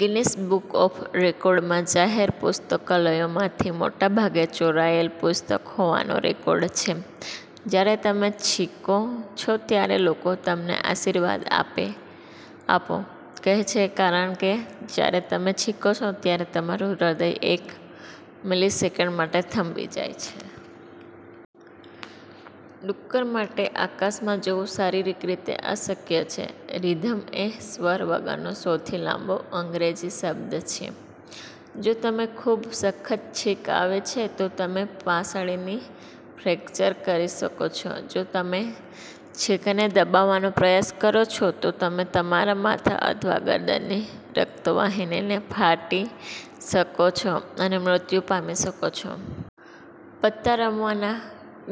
Guinness book of રેકોર્ડમાં જાહેર પુસ્તકાલયોમાંથી મોટાભાગે ચોરાયેલ પુસ્તક હોવાનો રેકોર્ડ છે. જ્યારે તમે છીંકો છો ત્યારે લોકો "તમને આશીર્વાદ આપો" કહે છે કારણ કે જ્યારે તમે છીંકો છો, ત્યારે તમારું હૃદય એક મિલિસેકન્ડ માટે થંભી જાય છે. ડુક્કર માટે આકાશમાં જોવું શારીરિક રીતે અશક્ય છે "રિધમ" એ સ્વર વગરનો સૌથી લાંબો અંગ્રેજી શબ્દ છે. જો તમને ખૂબ સખત છીંક આવે છે, તો તમે પાંસળીને ફ્રેક્ચર કરી શકો છો. જો તમે છીંકને દબાવવાનો પ્રયાસ કરો છો, તો તમે તમારા માથા અથવા ગરદનની રક્તવાહિનીને ફાટી શકો છો અને મૃત્યુ પામી શકો છો. પત્તા રમવાના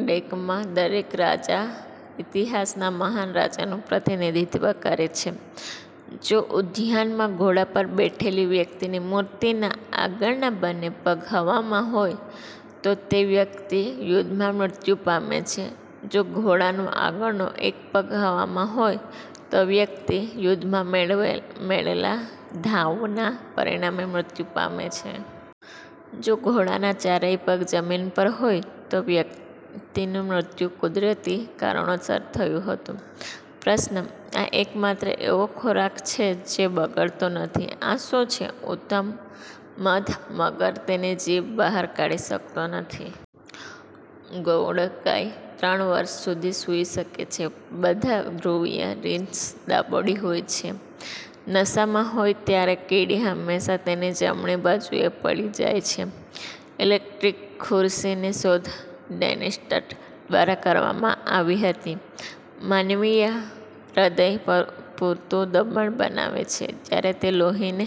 ડેકમાં દરેક રાજા ઇતિહાસના મહાન રાજાનું પ્રતિનિધિત્વ કરે છે. જો ઉદ્યાનમાં ઘોડા પર બેઠેલી વ્યક્તિની મૂર્તિના આગળના બંને પગ હવામાં હોય, તો તે વ્યક્તિ યુદ્ધમાં મૃત્યુ પામે છે. જો ઘોડાનો આગળનો એક પગ હવામાં હોય, તો વ્યક્તિ યુદ્ધમાં મળેલા ઘાવના પરિણામે મૃત્યુ પામે છે. જો ઘોડાના ચારેય પગ જમીન પર હોય, તો વ્યક્તિનું મૃત્યુ કુદરતી કારણોસર થયું હતું. પ્રશ્ન – આ એકમાત્ર એવો ખોરાક છે જે બગડતો નથી. આ શું છે? ઉત્તર– મધ. મગર તેની જીભ બહાર કાઢી શકતો નથી. ગોકળગાય ત્રણ વર્ષ સુધી સૂઈ શકે છે. બધા ધ્રુવીય રીંછ ડાબોડી હોય છે. નશામાં હોય ત્યારે કીડી હંમેશા તેની જમણી બાજુએ પડી જાય છે. ઇલેક્ટ્રિક ખુરશીની શોધ ડેન્ટિસ્ટ દ્વારા કરવામાં આવી હતી. માનવીય હૃદય પૂરતું દબાણ બનાવે છે, જ્યારે તે લોહીને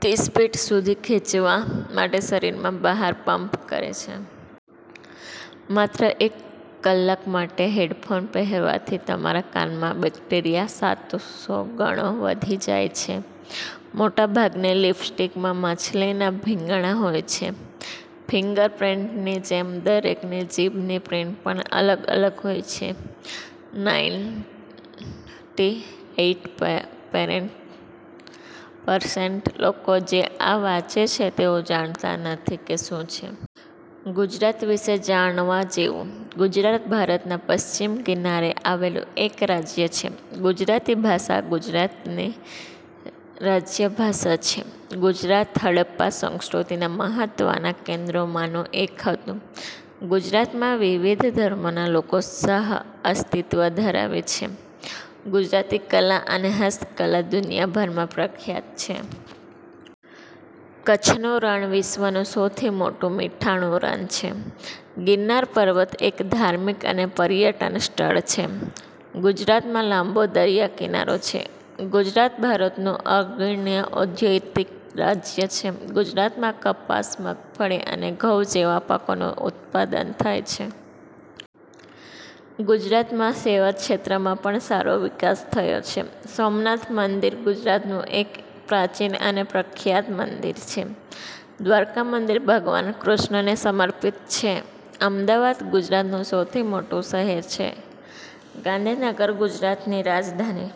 તીસ ફીટ સુધી ખેંચવા માટે શરીરમાં બહાર પંપ કરે છે। માત્ર એક કલાક માટે હેડફોન પહેરવાથી તમારા કાનમાં બેક્ટેરિયા સાતસો ગણા વધી જાય છે. મોટાભાગની લિપસ્ટિકમાં માછલીના ભીંગડા હોય છે. ફિંગર પ્રિન્ટની જેમ દરેકની જીભની પ્રિન્ટ પણ અલગ અલગ હોય છે. નાઇનટી એઇટ પરસેન્ટ લોકો જે આ વાંચે છે, તેઓ જાણતા નથી કે શું છે. ગુજરાત વિશે જાણવા જેવું. ગુજરાત ભારતના પશ્ચિમ કિનારે આવેલું એક રાજ્ય છે. ગુજરાતી ભાષા ગુજરાતની રાજ્ય ભાષા છે. ગુજરાત હડપ્પા સંસ્કૃતિના મહત્વના કેન્દ્રોમાંનું એક હતું. ગુજરાતમાં વિવિધ ધર્મોના લોકો સહઅસ્તિત્વ ધરાવે છે. ગુજરાતી કલા અને હસ્તકલા દુનિયાભરમાં પ્રખ્યાત છે. કચ્છનું રણ વિશ્વનું સૌથી મોટું મીઠાનું રણ છે. ગીરનાર પર્વત એક ધાર્મિક અને પર્યટન સ્થળ છે. ગુજરાતમાં લાંબો દરિયાકિનારો છે. ગુજરાત ભારતનું અગ્રણી ઔદ્યોગિક રાજ્ય છે. ગુજરાતમાં કપાસ, મગફળી અને ઘઉં જેવા પાકોનું ઉત્પાદન થાય છે. ગુજરાતમાં સેવા ક્ષેત્રમાં પણ સારો વિકાસ થયો છે. સોમનાથ મંદિર ગુજરાતનું એક પ્રાચીન અને પ્રખ્યાત મંદિર છે. દ્વારકા મંદિર ભગવાન કૃષ્ણને સમર્પિત છે. અમદાવાદ ગુજરાતનું સૌથી મોટું શહેર છે. ગાંધીનગર ગુજરાતની રાજધાની